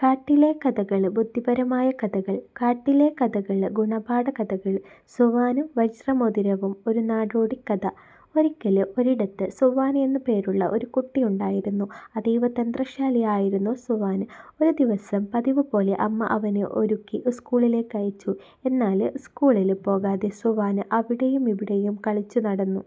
കാട്ടിലെ കഥകള് ബുദ്ധിപരമായ കഥകൾ കാട്ടിലെ കഥകള് ഗുണപാഠ കഥകള് സുവാനും വജ്രമോതിരവും ഒരു നാടോടിക്കഥ ഒരിക്കല് ഒരിടത്ത് സുവാന് എന്നു പേരുള്ള ഒരു കുട്ടിയുണ്ടായിരുന്നു. അതീവ തന്ത്രശാലിയായിരുന്നു സുവാന്. ഒരു ദിവസം പതിവ് പോലെ അമ്മ അവനെ ഒരുക്കി സ്കൂളിലേയ്ക്കയച്ചു. എന്നാല് സ്കൂളില് പോകാതെ സുവാന് അവിടെയുമിവിടെയും കളിച്ചു നടന്നു.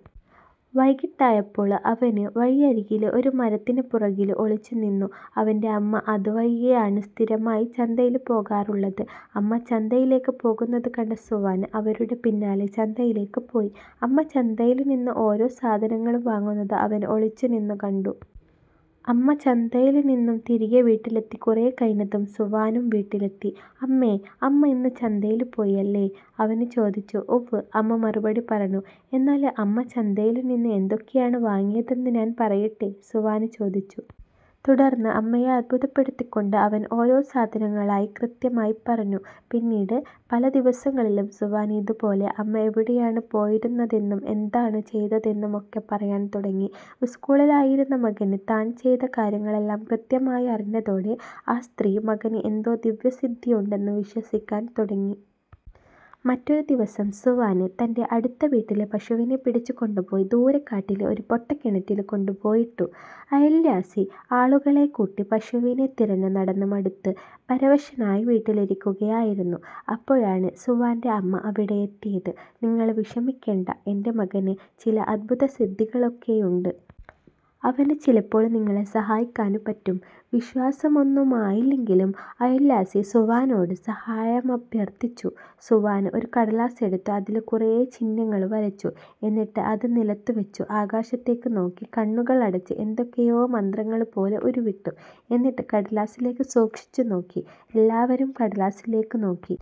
വൈകിട്ടായപ്പോള് അവന് വഴിയരികില് ഒരു മരത്തിന് പുറകില് ഒളിച്ചു നിന്നു. അവന്റെ അമ്മ അത് വഴിയെയാണ് സ്ഥിരമായി ചന്തയില് പോകാറുള്ളത്. അമ്മ ചന്തയിലേയ്ക്ക് പോകുന്നത് കണ്ട സുവന് അവരുടെ പിന്നാലേ ചന്തയിലേയ്ക്ക് പോയി. അമ്മ ചന്തയില് നിന്നും ഓരോ സാധനങ്ങളും വാങ്ങുന്നത് അവന് ഒളിച്ചു നിന്നു കണ്ടു. അമ്മ ചന്തയില് നിന്നും തിരികെ വീട്ടിലെത്തി കുറെ കഴിഞ്ഞതും സുവാനും വീട്ടിലെത്തി. "അമ്മേ, അമ്മ ഇന്ന് ചന്തയില് പോയി അല്ലേ? " അവന് ചോദിച്ചു. "ഉവ്വ്. " അമ്മ മറുപടി പറഞ്ഞു. "എന്നാല് അമ്മ ചന്തയില് നിന്നും എന്തൊക്കെയാണ് വാങ്ങിയതെന്ന് ഞാന് പറയട്ടെ? " സുവാന് ചോദിച്ചു. തുടര്ന്ന് അമ്മയെ അത്ഭുതപ്പെടുത്തിക്കൊണ്ട് അവന് ഓരോ സാധനങ്ങളായി കൃത്യമായി പറഞ്ഞു. പിന്നീട് പല ദിവസങ്ങളിലും സുവാന് ഇത് പോലെ അമ്മ എവിടെയാണ് പോയിരുന്നതെന്നും എന്താണ് ചെയ്തതെന്നും ഒക്കെ പറയാന് തുടങ്ങി. സ്കൂളില് ആയിരുന്ന മകന് താന് ചെയ്ത കാര്യങ്ങളെല്ലാം കൃത്യമായി പറഞ്ഞതോടെ ആ സ്ത്രീ മകന് എന്തോ ദിവ്യസിദ്ധിയുണ്ടെന്ന് വിശ്വസിക്കാന് തുടങ്ങി. മറ്റൊരു ദിവസം സുവാന് തന്റെ അടുത്ത വീട്ടിലെ പശുവിനെ പിടിച്ച് കൊണ്ട് പോയി ദൂരെ കാട്ടിലെ ഒരു പൊട്ടക്കിണറ്റില് കൊണ്ട് പോയിട്ടു. അയല്വാസി ആളുകളെ കൂട്ടി പശുവിനെ തിരഞ്ഞ് നടന്ന് മടുത്ത് പരവശനായി വീട്ടിലിരിക്കുകയായിരുന്നു. അപ്പോഴാണ് സുവാന്റെ അമ്മ അവിടെയെത്തിയത്. "നിങ്ങള് വിഷമിക്കേണ്ട. എന്റെ മകന് ചില അത്ഭുതസിദ്ധീകളൊക്കെയുണ്ട്. അവന് ചിലപ്പോള് നിങ്ങളെ സഹായിക്കാന് പറ്റും! " വിശ്വാസമൊന്നുമായില്ലെങ്കിലും അയല്വാസി സുവാനോട് സഹായമഭ്യര്ത്ഥിച്ചു. സുവാന് ഒരു കടലാസെടുത്ത് അതില് കുറെ ചിഹ്നങ്ങള് വരച്ചു. എന്നിട്ട് അത് നിലത്തു വെച്ചു. ആകാശത്തേയ്ക്ക് നോക്കി, കണ്ണുകളടച്ച് എന്തൊക്കെയോ മന്ത്രങ്ങള് പോലെ ഉരുവിട്ടു. എന്നിട്ട് കടലാസിലേയ്ക്ക് സൂക്ഷിച്ച് നോക്കി. എല്ലാവരും കടലാസിലേയ്ക്ക് നോക്കി.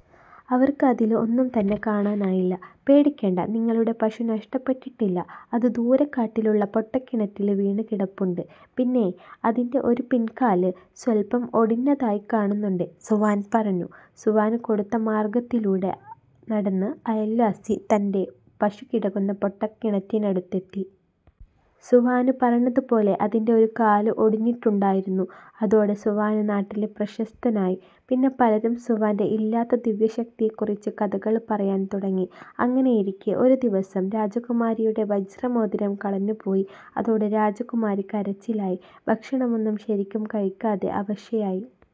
അവര്ക്ക് അതില് ഒന്നും തന്നെ കാണാനായില്ല, "പേടിക്കേണ്ട! നിങ്ങളുടെ പശു നഷ്ടപ്പെട്ടിട്ടില്ല. അത് ദൂരെ കാട്ടിലുള്ള പൊട്ടക്കിണറ്റില് വീണ് കിടപ്പുണ്ട്. പിന്നേ, അതിന്റെ ഒരു പിന് കാല് സ്വല്പ്പം ഒടിഞ്ഞതായി കാണുന്നുണ്ട്" സുവാന് പറഞ്ഞു. സുവാന് കൊടുത്ത മാര്ഗത്തിലൂടെ നടന്ന് അയല്വാസി തന്റെ പശു കിടക്കുന്ന പൊട്ടക്കിണറ്റിനടുത്തെത്തി. സുവാന് പറഞ്ഞത് പോലെ അതിന്റെ ഒരു കാല് ഒടിഞ്ഞിട്ടുണ്ടായിരുന്നു! അതോടെ സുവാന് നാട്ടിലെ പ്രശസ്തനായി. പിന്നെ പലരും സുവാന്റെ ഇല്ലാത്ത ദിവ്യശക്തിയെപ്പറ്റി കഥകള് പറയാന് തുടങ്ങി. അങ്ങിനെയിരിക്കെ ഒരു ദിവസം രാജകുമാരിയുടെ വജ്ര മോതിരം കളഞ്ഞു പോയി. അതോടെ രാജകുമാരി കരച്ചിലായി. ഭക്ഷണമൊന്നും ശരിക്കും കഴിക്കാതെ അവശയായി.